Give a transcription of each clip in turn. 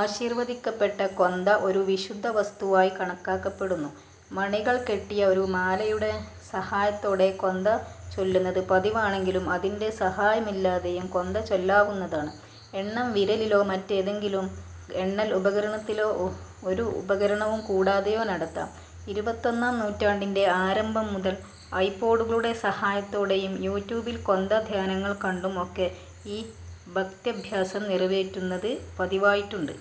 ആശീർവദിക്കപ്പെട്ട കൊന്ത ഒരു വിശുദ്ധവസ്തുവായി കണക്കാക്കപ്പെടുന്നു. മണികൾ കെട്ടിയ ഒരു മാലയുടെ സഹായത്തോടെ കൊന്ത ചൊല്ലുന്നത് പതിവാണെങ്കിലും അതിന്റെ സഹായമില്ലാതെയും കൊന്ത ചൊല്ലാവുന്നതാണ്. എണ്ണം വിരലിലോ, മറ്റേതെങ്കിലും എണ്ണൽ ഉപകരണത്തിലോ ഒരുപകരണവും കൂടാതെയോ നടത്താം. ഇരുപത്തൊന്നാം നൂറ്റാണ്ടിന്റെ ആരംഭം മുതൽ ഐ-പോഡുകളുടെ സഹായത്തോടെയും, യു-ട്യൂബിൽ കൊന്ത ധ്യാനങ്ങൾ കണ്ടും ഒക്കെ ഈ ഭക്ത്യഭ്യാസം നിറവേറ്റുന്നത് പതിവായിട്ടുണ്ട്.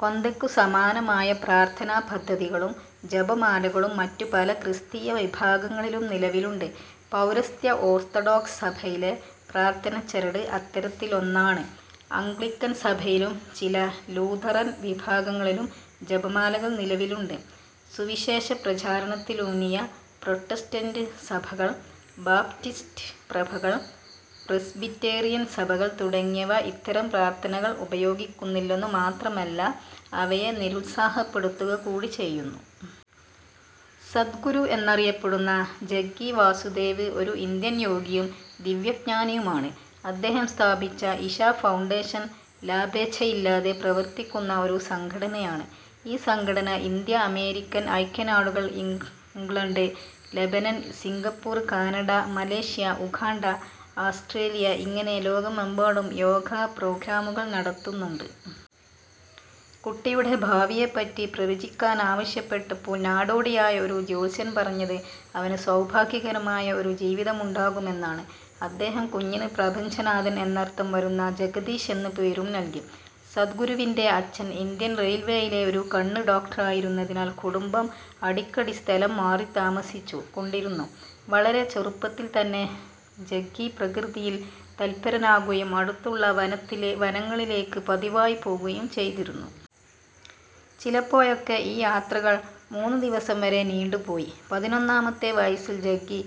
കൊന്തയ്ക്ക് സമാനമായ പ്രാർത്ഥനാപദ്ധതികളും ജപമാലകളും മറ്റു പല ക്രിസ്തീയ വിഭാഗങ്ങളിലും നിലവിലുണ്ട്. പൗരസ്ത്യ ഓർത്തഡോക്സ് സഭയിലെ പ്രാർത്ഥനച്ചരട് അത്തരത്തിലൊന്നാണ്. അംഗ്ലിക്കൻ സഭയിലും ചില ലൂഥറൻ വിഭാഗങ്ങളിലും ജപമാലകൾ നിലവിലുണ്ട്. സുവിശേഷപ്രചരണത്തിലൂന്നിയ പ്രൊട്ടസ്റ്റന്റ് സഭകൾ, ബാപ്റ്റിസ്റ്റ് സഭകൾ, പ്രെസ്ബിറ്റേറിയൻ സഭകൾ തുടങ്ങിയവ ഇത്തരം പ്രാർത്ഥനകൾ ഉപയോഗിക്കുന്നില്ലെന്നു മാത്രമല്ല അവയെ നിരുത്സാഹപ്പെടുത്തുക കൂടി ചെയ്യുന്നു. സദ്ഗുരു എന്നറിയപ്പെടുന്ന ജഗ്ഗി വാസുദേവ്, ഒരു ഇന്ത്യൻ യോഗിയും ദിവ്യജ്ഞാനിയുമാണ്. അദ്ദേഹം സ്ഥാപിച്ച ഇഷാ ഫൗണ്ടേഷൻ ലാഭേച്ഛയില്ലാതെ പ്രവർത്തിക്കുന്ന ഒരു സംഘടനയാണ്. ഈ സംഘടന ഇന്ത്യ, അമേരിക്കൻ ഐക്യനാടുകൾ, England, Lebanon, Singapore, Canada, Malaysia, Uganda, Australia, ഇങ്ങനെ ലോകമെമ്പാടും യോഗാ പ്രോഗ്രാമുകൾ നടത്തുന്നുണ്ട്. കുട്ടിയുടെ ഭാവിയെപ്പറ്റി പ്രവചിക്കാനാവശ്യപ്പെട്ടപ്പോൾ നാടോടിയായ ഒരു ജ്യോത്സ്യൻ പറഞ്ഞത് അവനു സൗഭാഗ്യകരമായ ഒരു ജീവിതമുണ്ടാകുമെന്നാണ്. അദ്ദേഹം, കുഞ്ഞിന് 'പ്രപഞ്ചനാഥൻ' എന്നർത്ഥം വരുന്ന 'ജഗദീശ്' എന്ന് പേരും നല്കി. സദ്ഗുരുവിന്റെ അച്ഛൻ ഇന്ത്യൻറെയിൽവേയിലെ ഒരു കണ്ണ് ഡോക്ടറായിരുന്നതിനാൽ കുടുംബം അടിക്കടി സ്ഥലം മാറി താമസിച്ചു കൊണ്ടിരുന്നു. വളരെ ചെറുപ്പത്തിൽത്തന്നെ ജഗ്ഗി പ്രകൃതിയിൽ തല്പരനാകുകയും അടുത്തുള്ള വനങ്ങളിലേക്ക് പതിവായി പോകുകയും ചെയ്തിരുന്നു. ചിലപ്പോഴൊക്കെ ഈ യാത്രകൾ മൂന്നു ദിവസം വരെ നീണ്ടു പോയി. പതിനൊന്നാമത്തെ വയസ്സിൽ ജഗ്ഗി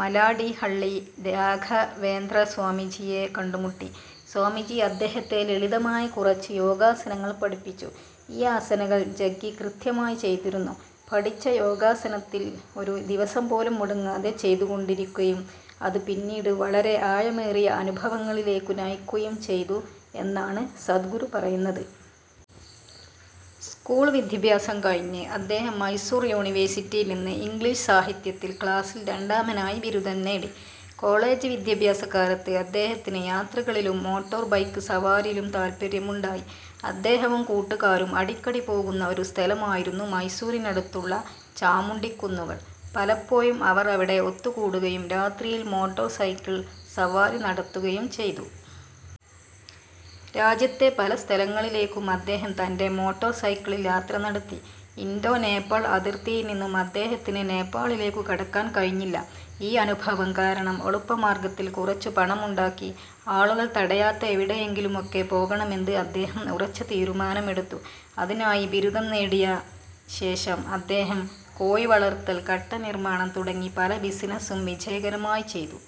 മലാഡിഹള്ളി രാഘവേന്ദ്രസ്വാമിജിയെ കണ്ടുമുട്ടി. സ്വാമിജി അദ്ദേഹത്തെ ലളിതമായ കുറച്ചു യോഗാസനങ്ങൾ പഠിപ്പിച്ചു. ഈ ആസനങ്ങൾ ജഗ്ഗി കൃത്യമായി ചെയ്തിരുന്നു. പഠിച്ച യോഗാസനങ്ങൾ ഒരു ദിവസം പോലും മുടങ്ങാതെ ചെയ്തുകൊണ്ടിരിക്കയും, അതു പിന്നീട് വളരെ ആഴമേറിയ അനുഭവങ്ങളിലേക്കു നയിക്കുകയും ചെയ്തു എന്നാണ് സദ്ഗുരു പറയുന്നത്. സ്കൂൾ വിദ്യാഭ്യാസം കഴിഞ്ഞ് അദ്ദേഹം മൈസൂർ യൂണിവേഴ്സിറ്റിയിൽ നിന്ന് ഇംഗ്ളീഷ് സാഹിത്യത്തിൽ ക്ലാസ്സിൽ രണ്ടാമനായി ബിരുദം നേടി. കോളേജ് വിദ്യാഭ്യാസകാലത്ത് അദ്ദേഹത്തിന് യാത്രകളിലും മോട്ടോർ ബൈക്ക് സവാരിയിലും താത്പര്യമുണ്ടായി. അദ്ദേഹവും കൂട്ടുകാരും അടിക്കടി പോകുന്ന ഒരു സ്ഥലമായിരുന്നു മൈസൂറിനടുത്തുള്ള ചാമുണ്ഡിക്കുന്നുകൾ. പലപ്പോഴും അവർ അവിടെ ഒത്തുകൂടുകയും രാത്രിയിൽ മോട്ടോർ സൈക്കിൾ സവാരി നടത്തുകയും ചെയ്തു. രാജ്യത്തെ പല സ്ഥലങ്ങളിലേക്കും അദ്ദേഹം തന്റെ മോട്ടോർ സൈക്കിളിൽ യാത്ര നടത്തി. ഇന്തോ നേപ്പാൾ അതിർത്തിയിൽ നിന്ന് അദ്ദേഹത്തിന് നേപ്പാളിലേക്കു കടക്കാൻ കഴിഞ്ഞില്ല. ഈ അനുഭവം കാരണം എളുപ്പമാർഗ്ഗത്തിൽ കുറച്ചു പണമുണ്ടാക്കി, ആളുകൾ തടയാത്ത എവിടെയെങ്കിലുമൊക്കെ പോകണമെന്ന് അദ്ദേഹം ഉറച്ച തീരുമാനമെടുത്തു. അതിനായി, ബിരുദം നേടിയ ശേഷം, അദ്ദേഹം കോഴി വളർത്തൽ, കട്ടനിർമ്മാണം, തുടങ്ങി പല ബിസിനസ്സും വിജയകരമായി ചെയ്തു.